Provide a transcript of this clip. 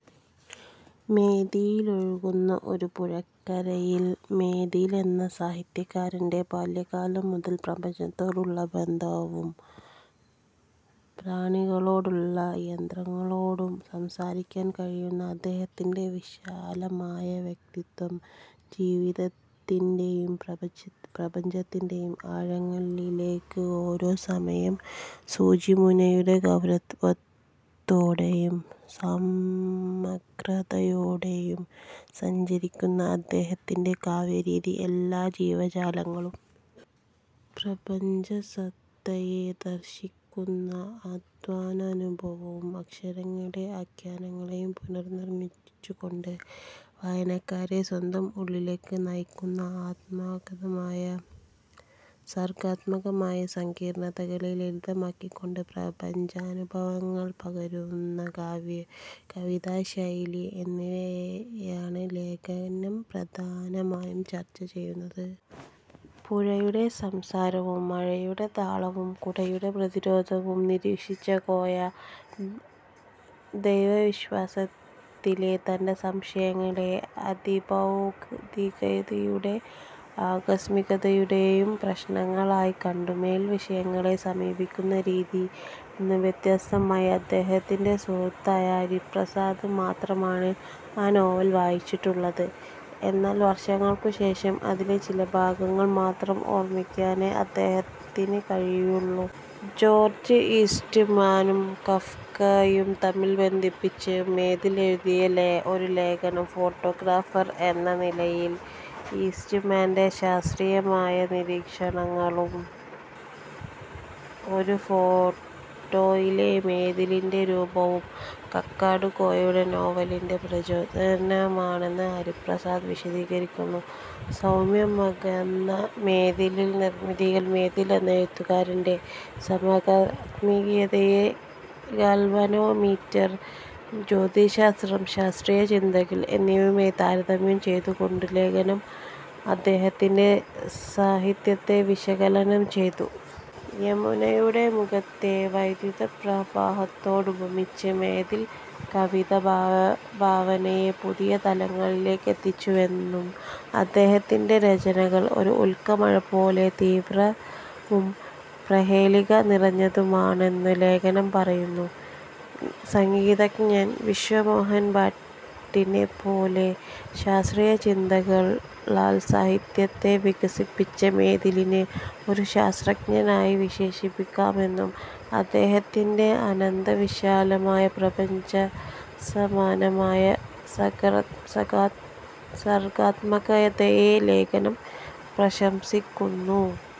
മേതിലൊഴുകുന്ന ഒരു പുഴക്കരയിൽ... മേതിൽ എന്ന സാഹിത്യകാരന്റെ ബാല്യകാലം മുതൽ പ്രപഞ്ചത്തോടുള്ള ബന്ധം, പ്രാണികളോടും യന്ത്രങ്ങളോടും സംസാരിക്കാൻ കഴിയുന്ന അദ്ദേഹത്തിൻ്റെ വിശാലമായ വ്യക്തിത്വം, ജീവിതത്തിൻ്റെയും പ്രപഞ്ചത്തിൻ്റെയും ആഴങ്ങളിലേക്ക് ഒരേ സമയം സൂചിമുനയുടെ ഗൗരവത്തോടെയും സമഗ്രതയോടെയും സഞ്ചരിക്കുന്ന അദ്ദേഹത്തിൻ്റെ കാവ്യ രീതി, എല്ലാ ജീവജാലങ്ങളിലും പ്രപഞ്ചസത്തയെ ദർശിക്കുന്ന അദ്വൈതാനുഭവം, അക്ഷരങ്ങളെയും ആഖ്യാനങ്ങളെയും പുനർനിർമ്മിച്ചുകൊണ്ട് വായനക്കാരനെ സ്വന്തം ഉള്ളിലേക്ക് നയിക്കുന്ന സർഗ്ഗാത്മകത, സങ്കീർണ്ണതകളെ ലളിതമാക്കിക്കൊണ്ട് പ്രപഞ്ചാനുഭവങ്ങൾ പകരുന്ന കവിതാ ശൈലി എന്നിവയാണ് ലേഖനം പ്രധാനമായും ചർച്ച ചെയ്യുന്നത്. പുഴയുടെ സംസാരവും മഴയുടെ താളവും കുടയുടെ പ്രതിരോധവും നിരീക്ഷിച്ച കോയ, ദൈവവിശ്വാസത്തിലെ തന്റെ സംശയങ്ങളെ അതിഭൗതികതയുടെയും ആകസ്മികതയുടെയും പ്രശ്നങ്ങളായി കണ്ടു, മേതിൽ വിഷയങ്ങളെ സമീപിക്കുന്ന രീതിയിൽ നിന്ന് വ്യത്യസ്തമായി. അദ്ദേഹത്തിന്റെ സുഹൃത്തായ ഹരിപ്രസാദ് മാത്രമാണ് ആ നോവൽ വായിച്ചിട്ടുള്ളത്, എന്നാൽ വർഷങ്ങൾക്കുശേഷം അതിലെ ചില ഭാഗങ്ങൾ മാത്രം ഓർമ്മിക്കാനേ അദ്ദേഹത്തിന് കഴിഞ്ഞുള്ളൂ. ജോർജ് ഈസ്റ്റ്മാനും കാഫ്കയും തമ്മിൽ ബന്ധിപ്പിച്ച് മേതിൽ എഴുതിയ ഒരു ലേഖനവും, ഫൊട്ടോഗ്രാഫർ എന്ന നിലയിൽ ഈസ്റ്റ്മാന്റെ ശാസ്ത്രീയമായ നിരീക്ഷണങ്ങളും, ഒരു ഫോട്ടോയിലെ മേതിലിന്റെ രൂപവും കക്കാടുകോയയുടെ നോവലിന് പ്രചോദനമായെന്ന് ഹരിപ്രസാദ് വിശദീകരിക്കുന്നു. സാമ്യമകന്ന മേതിൽനിർമിതികൾ മേതിൽ എന്ന എഴുത്തുകാരന്റെ സർഗ്ഗാത്മകതയെ ഗാൽവനോമീറ്റർ, ജ്യോതിശാസ്ത്രം, ശാസ്ത്രീയ ചിന്തകൾ എന്നിവയുമായി താരതമ്യം ചെയ്തുകൊണ്ട് ലേഖനം അദ്ദേഹത്തിന്റെ സാഹിത്യത്തെ വിശകലനം ചെയ്യുന്നു. യമുനയുടെ മുഖത്തെ വൈദ്യുതിപ്രവാഹത്തോടുപമിച്ച് മേതിൽ കവിതാഭാവനയെ പുതിയ തലങ്ങളിലെത്തിച്ചുവെന്നും, അദ്ദേഹത്തിന്റെ രചനകൾ ഒരു ഉൽക്കമഴ പോലെ തീവ്രവും, പ്രഹേളിക നിറഞ്ഞതുമാണെന്നും ലേഖനം പറയുന്നു. സംഗീതജ്ഞൻ വിശ്വമോഹൻ ഭട്ടിനെപ്പോലെ ശാസ്ത്രീയ ചിന്തകളാൽ സാഹിത്യത്തെ വികസിപ്പിച്ച മേതിലിനെ ഒരു ശാസ്ത്രജ്ഞനായി വിശേഷിപ്പിക്കാമെന്നും, അദ്ദേഹത്തിന്റെ അനന്തവിശാലമായ പ്രപഞ്ചസമാനമായ സർഗ്ഗാത്മകതയെ ലേഖനം പ്രശംസിക്കുന്നു.